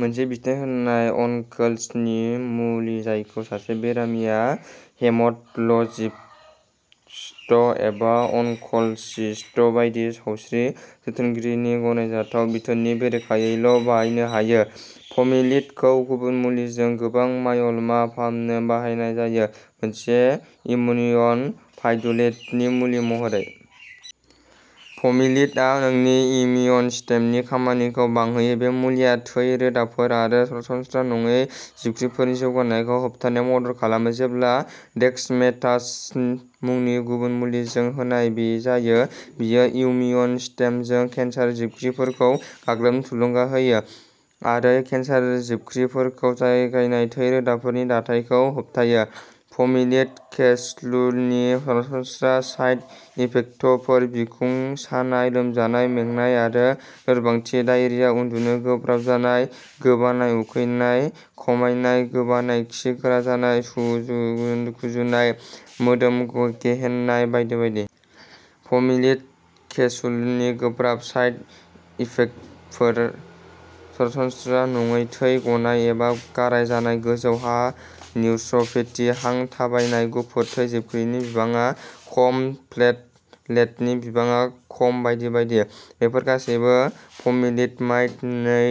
मोनसे बिथोन होनाय अनकोलजि मुलि जायखौ सासे बेरामिया हेमाट'लजिस्ट एबा अनकोलजिस्ट बायदि सावस्रि जोथोनगिरिनि गनायजाथाव बिथोननि बेरेखायैल'बायनो हायो। पमेलिड खौ गुबुन मुलिजों गोबां मायल मा फाहामनो बाहायनाय जायो। मोनसे इम्युन मड्युलेटरि मुलि महरै पमेलिड आ नोंनि इमिउन सिस्टेमनि खामानिखौ बांहोयो बे मुलिआ थै रोदाफोर आरो सरासनस्रा नङै जिबख्रिफोरनि जौगानायखौ होबथानायाव मदद खालामो जेब्ला डेक्सामेथास'न मुंनि गुबुन मुलिजों होनाय जायो बेयो इमिउन सिस्टेमखौ केन्सार जिबख्रिफोरखौ गाग्लोबनो थुलुंगा होयो आरो केन्सार जिबख्रिफोरखौ जगायनाय थै रोदाफोरनि दाथायखौ होबथायो पमेलिड केप्सुलनि सरासनस्रा साइड इफेक्टफोर बिखुं सानाय लोमजानाय मेंनाय आरो लोरबांथि डायेरिया उन्दुनो गोब्राब जानाय गोबानाय उखैनाय खमायनाय गोबानाय खि गोरा जानाय गुजुनाय मोदोम गेहेननाय बायदि बायदि। पमेलिड केप्सुलनि गोब्राब साइड इफेक्टफोर सरासनस्रा नङै थै गनाय एबा गाराय जानाय गोजौ हां निउर'पेथि हां थाबथानाय गुफुर थै जिबख्रिनि बिबाङा खम प्लेटलेटनि बिबाङा खम बायदि बायदि बेफोर गासैबो पमेलिड'माइड नै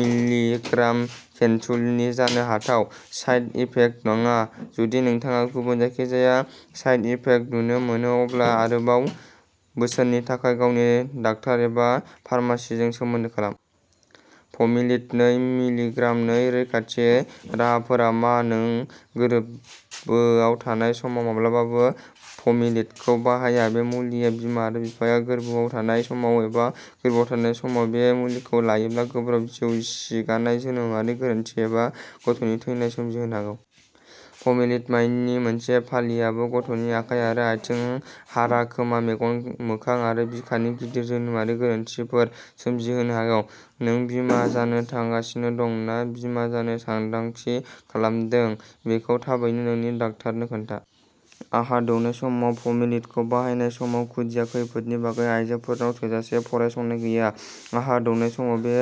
मिलि ग्राम केप्सुलनि जानो हाथाव साइड इफेक्ट नङा जुदि नोंथाङा गुबुन जायखिजाया साइड इफेक्ट नुनो मोनो अब्ला आरोबाव बोसोननि थाखाय गावनि डाक्टार एबा फार्मासिस्टजों सोमोन्दो खालाम। पमेलिड नै मिलि ग्राम नि रैखाथि राहाफोरा मा नों गोरबोआव थानाय समाव माब्लाबाबो पमेलिडखौ बाहाया बे मुलिआ बिमा एबा बिफाया गोर्बोआव थानाय समाव एबा गोर्बोआव थानाय समाव बे मुलिखौ लायोब्ला गोब्राब जिउ सिगिनाय जोनोमारि गोरोन्थि एबा गथ'नि थैनाय सोमजिहोनो हागौ। पमेलिड'माइडनि मोनसे फालिआबो गथ'नि आखाइ आरो आथिं हारा खोमा मेगन मोखां आरो बिखानि गिदिर जोनोमारि गोरोन्थिफोर सोमजिहोनो हागौ। नों बिमा जानो थांगासिनो दं ना बिमा जानो सानथांखि खालामदों बेखौ थाबैनो नोंनि डाक्टारनो खोन्था आहार दौनाय समाव पमेलिडखौ बाहायनाय समाव खुदिया खैफोदनि बागै आयजोफोरनाव थोजासे फरायसंनाय गैया आहार दौनाय समाव बे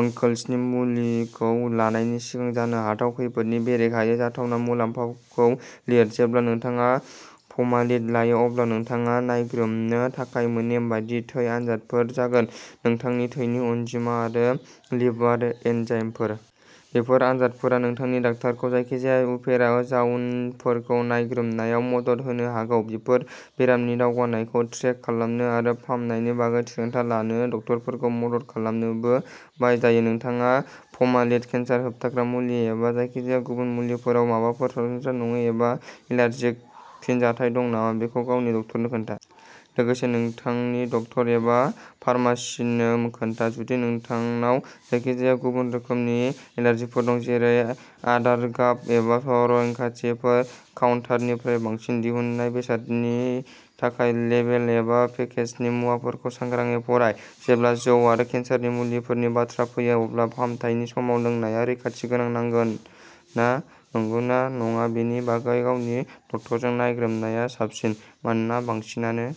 अनकोलजि मुलिखौ लानायनि सिगां जानो हाथाव खैफोदनि बेरेखायै जाथावना मुलाम्फाखौ लिर जेब्ला नोंथाङा पमालिड लायो, अब्ला नोंथाङा नायग्रोमनो थाखाय नेमबादि थै आनजादफोर जागोनः नोंथांनि थैनि अनजिमा आरो लिभार एन्जाइमफोर। बेफोर आनजादफोरा नोंथांनि डाक्टारखौ जायखिजाया उफेरा जाउनफोरखौ नायग्रोमनायाव मदद होनो हागौ। बेफोर बेरामनि दावगानायखौ ट्रेक खालामनो आरो फाहामनायनि बागै थिरांथा लानो डक्टरफोरखौ मदद खालामनोबो बाहाय जायो। नोंथांहा पमालिड केन्सार होबथाग्रा मुलि एबा जायखिजाया गुबुन मुलिफोराव माबाफोर सरासनस्रा नङै एबा एलार्जिक फिनजाथाय दं नामा बेखौ गावनि डक्टरनो खोन्था। लोगोसे नोंथांनि डक्टर एबा फार्मासिस्टनो खोन्था, जुदि नोंथांनाव जायखिजाया गुबुन रोखोमनि एलार्जिफोर दं, जेरै आदार, गाब एबा संरैखाथिफोर। काउन्टारनिफ्राय बांसिन दिहुनजानाय बेसादफोरनि थाखाय, लेबेल एबा पेकेजनि मुवाफोरखौ सांग्राङै फराय। जेब्ला जौ आरो केन्सारनि मुलिफोरनि बाथ्रा फैयो, अब्ला फाहामथायनि समाव लोंनाया रैखाथि गोनां नंगौना नङा बेनि बागै गावनि डक्टरजों नायग्रोमनाया साबसिन। मानोना, बांसिनानो